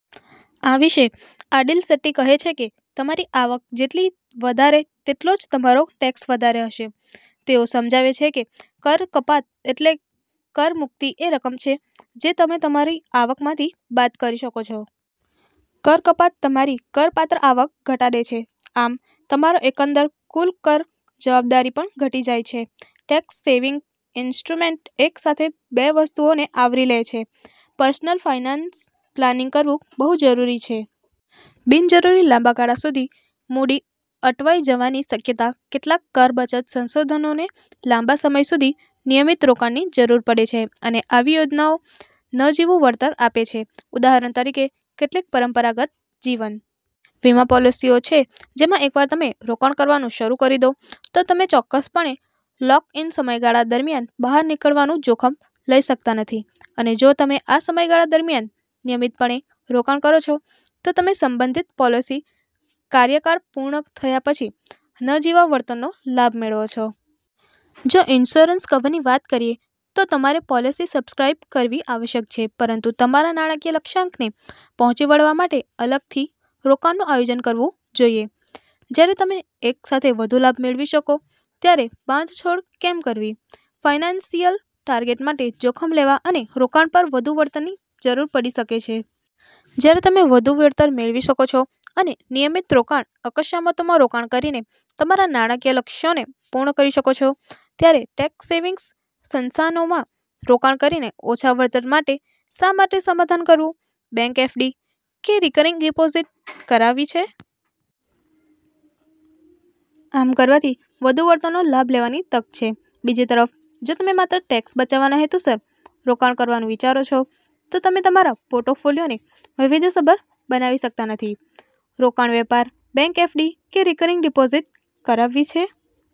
આ વિશે આદિલ શેટ્ટી કહે છે કે તમારી આવક જેટલી વધારે તેટલો જ તમારો ટેક્સ વધારે હશે. તેઓ સમજાવે છે કે, કર કપાત એટલે કર મુક્તિ એ રકમ છે જે તમે તમારી આવકમાંથી બાદ કરી શકો છો. કર કપાત તમારી કર પાત્ર આવક ઘટાડે છે. આમ, તમારો એકંદર કુલ કર જવાબદારી પણ ઘટી જાય છે. ટેક્સ સેવિંગ ઇન્સ્ટ્રુમેન્ટ એકસાથે બે વસ્તુઓને આવરી લે છે. પર્સનલ ફાઇનાન્સ પ્લાનિંગ કરવું બહુ જરૂરી છે. બિન જરૂરી લાંબા ગાળા સુધી મૂડી અટવાઇ જવાની શક્યતા કેટલાક કર બચત સંશાધનોને લાંબા સમય સુધી નિયમિત રોકાણની જરૂર પડે છે અને આવી યોજનાઓ નજીવુંં વળતર આપે છે. ઉદાહરણ તરીકે, કેટલીક પરંપરાગત જીવન વીમા પૉલિસીઓ છે જેમાં એકવાર તમે રોકાણ કરવાનું શરૂ કરી દો, તો તમે ચોક્કસપણે લૉક-ઇન સમયગાળા દરમિયાન બહાર નીકળવાનું જોખમ લઈ શકતા નથી અને જો તમે આ સમયગાળા દરમિયાન નિયમિતપણે રોકાણ કરો છો, તો તમે સંબંધિત પોલિસી કાર્યકાળ પૂર્ણ થયા પછી નજીવા વળતરનો લાભ મેળવો છો. જો ઇન્સ્યોરન્સ કવરની વાત કરીયે તો તમારે પોલિસી સબસ્ક્રાઇબ કરવી આવશ્યક છે. પરંતુ તમારા નાણાકીય લક્ષ્યાંકને પહોંચી વળવા માટે અલગથી રોકાણનું આયોજન કરવું જોઈએ. જ્યારે તમે એક સાથે વધુ લાભ મેળવી શકો ત્યારે બાંધછોડ કેમ કરવી, ફાઇનાન્સિયલ ટાર્ગેટ માટે જોખમ લેવા અને રોકાણ પર વધુ વળતરની જરૂર પડી શકે છે. જ્યારે તમે વધુ વળતર મેળવી શકો છો અને નિયમિત રોકાણ અસ્કયામતોમાં રોકાણ કરીને તમારા નાણાકીય લક્ષ્યોને પૂર્ણ કરી શકો છો ત્યારે ટેક્સ-સેવિંગ સંશાનોમાં રોકાણ કરીને ઓછા વળતર માટે શા માટે સમાધાન કરવું? બેંક એફડી કે રિકરિંગ ડિપોઝિટ કરાવી છે? આમ કરવાથી વધુ વળતરનો લાભ લેવાની તક છે. બીજી તરફ, જો તમે માત્ર ટેક્સ બચાવવાના હેતુસર રોકાણ કરવાનું વિચારો છો, તો તમે તમારા પોર્ટફોલિયોને વૈવિધ્યસભર બનાવી શકતા નથી. રોકાણવેપાર બેંક એફડી કે રિકરિંગ ડિપોઝિટ કરાવી છે?